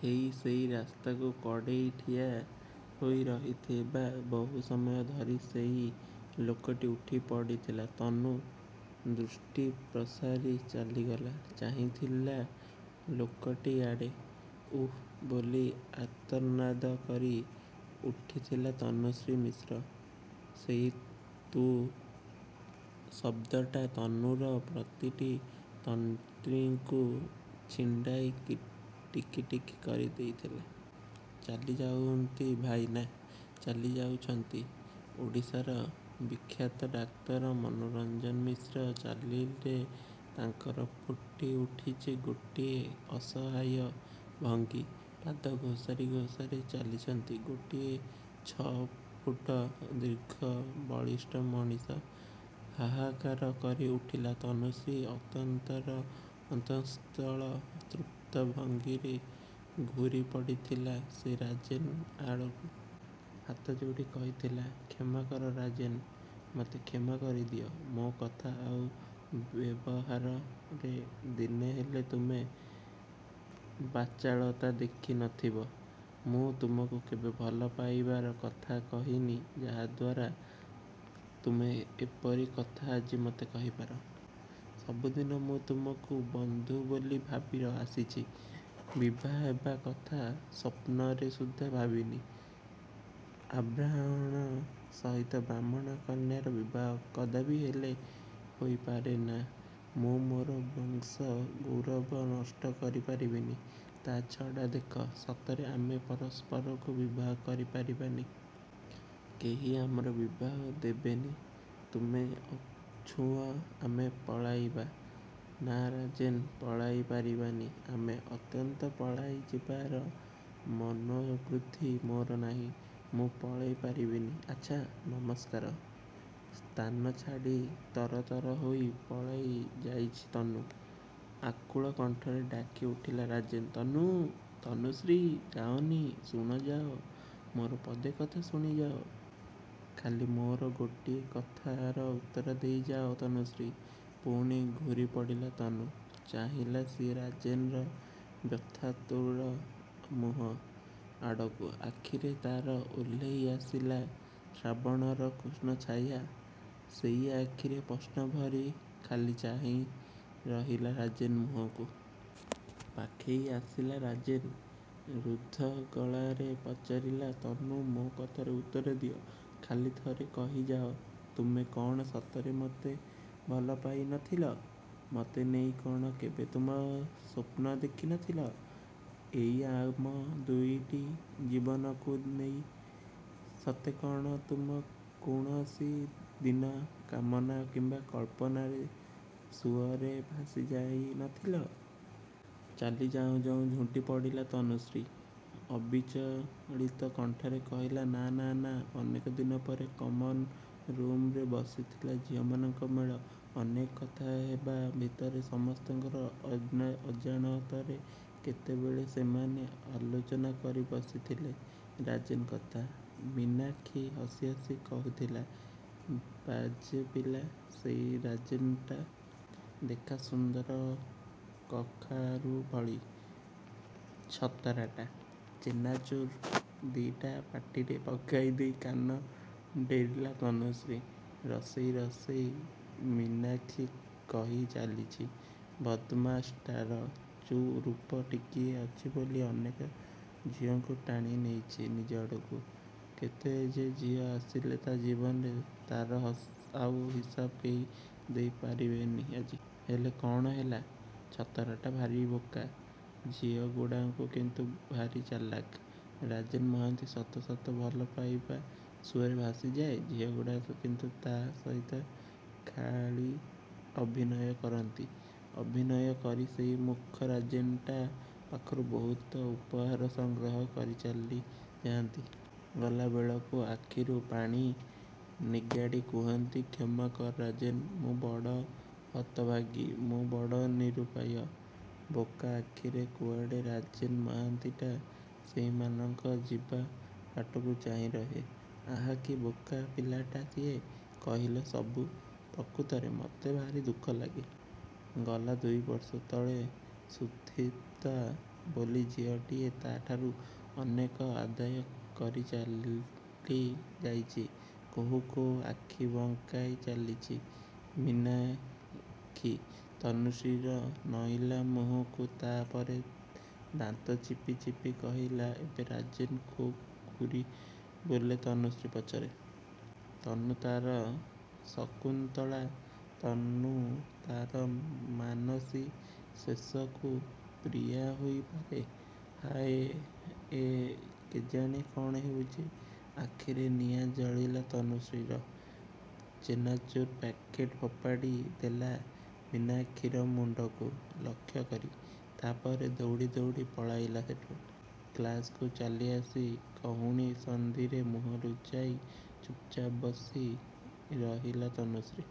ହେଇ ସେଇ ରାସ୍ତା କଡ଼ରେ ଠିଆ ହୋଇ ରହିଥିଲା ବହୁ ସମୟ ଧରି ସେହି ଲୋକଟି। ଉଠି ପଡ଼ିଥିଲା ତନୁ, ଦୃଷ୍ଟି ପ୍ରସାରି ଚାଲିଗଲା ଚାହିଁଥିଲା ଲୋକଟି ଆଡ଼େ। ଉଃ ବୋଲି ଆର୍ତ୍ତନାଦ କରି ଉଠିଥିଲା ତନୁଶ୍ରୀ ମିଶ୍ର। ସେଇ ଉଃ ଶବ୍ଦଟା ତନୁର ପ୍ରତିଟି ତନ୍ତ୍ରୀକୁ ଛିଣ୍ଡାଇ ଟିକି ଟିକି କରିଦେଇଥିଲା। ଚାଲିଯାଉଛନ୍ତି ଭାଇନା। ଚାଲିଯାଉଛନ୍ତି ଓଡ଼ିଶାର ବିଖ୍ୟାତ ଡାକ୍ତର ମନୋରଞ୍ଜନ ମିଶ୍ର। ଚାଲିରେ ତାଙ୍କର ଫୁଟି ଉଠିଛି ଗୋଟାଏ ଅସହାୟ ଭଙ୍ଗୀ। ପାଦ ଘୋସାରି ଘୋସାରି ଚାଲିଛନ୍ତି ଗୋଟିଏ ଛଅ ଫୁଟ ଦୀର୍ଘ ବଳିଷ୍ଠ ମଣିଷ। ହାହାକାର କରି ଉଠିଲା ତନୁଶ୍ରୀର ଅନ୍ତରର ଅନ୍ତଃସ୍ଥଳ। ଦୃପ୍ତ ଭଙ୍ଗୀରେ ଘୂରି ପଡ଼ିଥିଲା ସେ ରାଜେନ୍ ଆଡ଼କୁ। ହାତ ଯୋଡ଼ି କହିଥିଲା, କ୍ଷମା କର ରାଜେନ୍, ମତେ କ୍ଷମା କରିଦିଅ। ମୋ କଥା ଆଉ ବ୍ୟବହାରରେ ଦିନେ ହେଲେ ତୁମେ ବାଚାଳତା ଦେଖି ନଥିବ। ମୁଁ ତମକୁ କେବେ ଭଲ ପାଇବାର କଥା କହିନି ଯାହା ଦ୍ୱାରା ତୁମେ ଏପରି କଥା ଆଜି ମତେ କହି ପାର। ସବୁଦିନେ ମୁଁ ତୁମକୁ ବନ୍ଧୁ ବୋଲି ଭାବି ଆସିଛି। ବିଭା ହେବା କଥା ସ୍ୱପ୍ନରେ ସୁଦ୍ଧା ଭାବିନି। ଅବ୍ରାହ୍ମଣ ସହିତ ବ୍ରାହ୍ମଣ କନ୍ୟାର ବିବାହ କଦାପି ହେଲେ ହୋଇ ପାରେନା। ମୁଁ ମୋର ବଂଶ ଗୌରବ ନଷ୍ଟ କରି ପାରିବିନି। ତା' ଛଡ଼ା ଦେଖ ସତରେ ଆମେ ପରସ୍ପରକୁ ବିବାହ କରି ପାରିବାନି। କେହି ଆମର ବିବାହ ଦେବେନି। ତୁମେ କହୁଛ ଆମେ ପଳାଇବା। ନା ରାଜେନ୍ ପଳାଇ ପାରିବାନି ଆମେ । ଅନ୍ତତଃ ପଳାଇ ଯିବାର ମନୋବୃତ୍ତି ମୋର ନାହିଁ। ମୁଁ ପଳାଇ ପାରିବିନି। ଆଚ୍ଛା, ନମସ୍କାର। ସ୍ଥାନ ଛାଡ଼ି ତରତର ହୋଇ ପଳାଇ ଯାଇଛି ତନୁ। ଆକୁଳ କଣ୍ଠରେ ଡାକି ଉଠିଲା ରାଜେନ୍ ତନୁ, ତନୁଶ୍ରୀ ଯାଅନି ଶୁଣି ଯାଅ, ମୋର ପଦେ କଥା ଶୁଣି ଯାଅ। ଖାଲି ମୋର ଗୋଟିଏ କଥାର ଉତ୍ତର ଦେଇ ଯାଅ ତନୁଶ୍ରୀ। ପୁଣି ଘୂରି ପଡ଼ିଲା ତନୁ। ଚାହିଁଲା ସିଏ ରାଜେନ୍‌ର ବ୍ୟଥାତୁର ମୁହଁ ଆଡ଼କୁ, ଆଖିରେ ତା'ର ଓହ୍ଲାଇ ଆସିଲା ଶ୍ରାବଣର କୃଷ୍ଣଛାୟା। ସେଇ ଆଖିରେ ପ୍ରଶ୍ନ ଭରି। ଖାଲି ଚାହିଁ ରହିଲା ରାଜେନ୍ ମୁହଁକୁ। ପାଖେଇ ଆସିଲା ରାଜେନ୍। ରୁଦ୍ଧ ଗଳାରେ ପଚାରିଲା ତନୁ ମୋ କଥାର ଉତ୍ତର ଦିଅ। ଖାଲି ଥରେ କହି ଯାଅ, ତୁମେ କ'ଣ ସତରେ ମତେ ଭଲ ପାଇ ନଥିଲ? ମତେ ନେଇ କ'ଣ କେବେ ତୁମେ ସ୍ୱପ୍ନ ଦେଖି ନଥିଲ। ଏଇ ଆମ ଦୁଇଟି ଜୀବନକୁ ନେଇ ସତେ କ'ଣ ତୁମେ କୌଣସି ଦିନ କାମନା କିମ୍ବା କଳ୍ପନାର ସୁଅରେ ଭାସି ଯାଇ ନଥିଲ? ଚାଲି ଯାଉ ଯାଉ ଝୁଣ୍ଟି ପଡ଼ିଲା ତନୁଶ୍ରୀ। ଅବିଚଳିତ କଣ୍ଠରେ କହିଲା ନାଁ, ନାଁ, ନାଁ। ଅନେକ ଦିନ ପରେ କମନ୍‌ରୁମ୍‌ରେ ବସିଥିଲା ଝିଅମାନଙ୍କ ମେଳା। ଅନେକ କଥା ହେବା ଭିତରେ ସମସ୍ତଙ୍କ ଅଜାଣତରେ କେତେବେଳେ ସେମାନେ ଆଲୋଚନା କରି ବସିଥିଲେ ରାଜେନ୍ କଥା। ମୀନାକ୍ଷୀ ହସି ହସି କହିଥିଲା ବାଜେ ପିଲା ସେଇ ରାଜେନ୍‌ଟା। ଦେଖା ସୁନ୍ଦର କଖାରୁ ଭଳି। ଛତରାଟା। ଚେନାଚୂର୍ ଦି'ଟା ପାଟିରେ ପକାଇ ଦେଇ କାନ ଡେରିଲା ତନୁଶ୍ରୀ। ରସେଇ ରସେଇ ମୀନାକ୍ଷୀ କହି ଚାଲିଛି ବଦମାସ୍‌ଟାର ରୂପ ଟିକିଏ ଅଛି ବୋଲି ଅନେକ ଝିଅଙ୍କୁ ଟାଣି ନେଇଛି ନିଜ ଆଡ଼କୁ। କେତେ ଯେ ଝିଅ ଆସିଲେ ତା' ଜୀବନରେ, ତା'ର ଆଉ ହିସାବ କେହି ଦେଇ ପାରିବେନି ଆଜି। ହେଲେ କ'ଣ ହେଲା, ଛତରାଟା ଭାରି ବୋକା। ଝିଅଗୁଡ଼ାକ କିନ୍ତୁ ଭାରି ଚାଲାକ୍। ରାଜେନ୍ ମାହାନ୍ତି ସତ ସତ ଭଲ ପାଇବା ସୁଅରେ ଭାସି ଯାଏ। ଝିଅଗୁଡ଼ାକ କିନ୍ତୁ ତା' ସହିତ ଖାଲି ଅଭିନୟ କରନ୍ତି। ଅଭିନୟ କରି ସେଇ ମୂର୍ଖ ରାଜେନ୍‌ଟା ପାଖରୁ ବହୁତ ଉପହାର ସଂଗ୍ରହ କରି ଚାଲି ଯାଆନ୍ତି। ଗଲା ବେଳକୁ ଆଖିରୁ ପାଣି ନିଗାଡ଼ି କୁହନ୍ତି କ୍ଷମା କର ରାଜେନ୍, ମୁଁ ବଡ଼ ହତଭାଗୀ, ମୁଁ ବଡ଼ ନିରୁପାୟ। ବୋକା ଆଖିରେ କୁଆଡ଼େ ରାଜେନ୍ ମହାନ୍ତିଟା ସେଇମାନଙ୍କ ଯିବା ବାଟକୁ ଚାହିଁ ରହେ। ଆହା କି ବୋକା ପିଲାଟା ସିଏ, କହିଲ ସବୁ। ପ୍ରକୃତରେ ମତେ ଭାରି ଦୁଃଖ ଲାଗେ। ଗଲା ଦୁଇ ବର୍ଷ ତଳେ ସୁଦୀପ୍ତା ବୋଲି ଝିଅଟିଏ ତା'ଠାରୁ ଅନେକ ଆଦାୟ କରି ଚାଲି ଯାଇଛି। କହୁ କହୁ ଆଖି ବଙ୍କାଇ ଚାହିଁଲା ମୀନାକ୍ଷୀ, ତନୁଶ୍ରୀର ନଇଁଲା ମୁହଁକୁ। ତା' ପରେ ଦାନ୍ତ ଚିପି ଚିପି କହିଲା ଏବେ ରାଜେନ୍ ଖୁବ୍ ଘୂରି ବୁଲେ ତନୁଶ୍ରୀ ପଛରେ। ତନୁ ତା'ର ଶକୁନ୍ତଳା, ତନୁ ତା'ର ମାନସୀ, ଶେଷକୁ ପ୍ରିୟା ହୋଇ ପାରେ। ହା ଆ ଏ। କେଜାଣେ କ'ଣ ହେଉଛି। ଆଖିରେ ନିଆଁ ଜଳିଲା ତନୁଶ୍ରୀର। ଚେନାଚୂର୍ ପ୍ୟାକେଟ୍ ଫୋପାଡ଼ି ଦେଲା ମୀନାକ୍ଷୀର ମୁଣ୍ଡକୁ ଲକ୍ଷ୍ୟ କରି। ତା' ପରେ ଦଉଡ଼ି ଦଉଡ଼ି ପଳାଇଲା ସେଠୁ। କ୍ଲାସ୍‌କୁ ଚାଲି ଆସି କହୁଣୀ ସନ୍ଧିରେ ମୁହଁ ଲୁଚାଇ ଚୁପ୍‌ଚାପ୍ ବସି ରହିଲା ତନୁଶ୍ରୀ।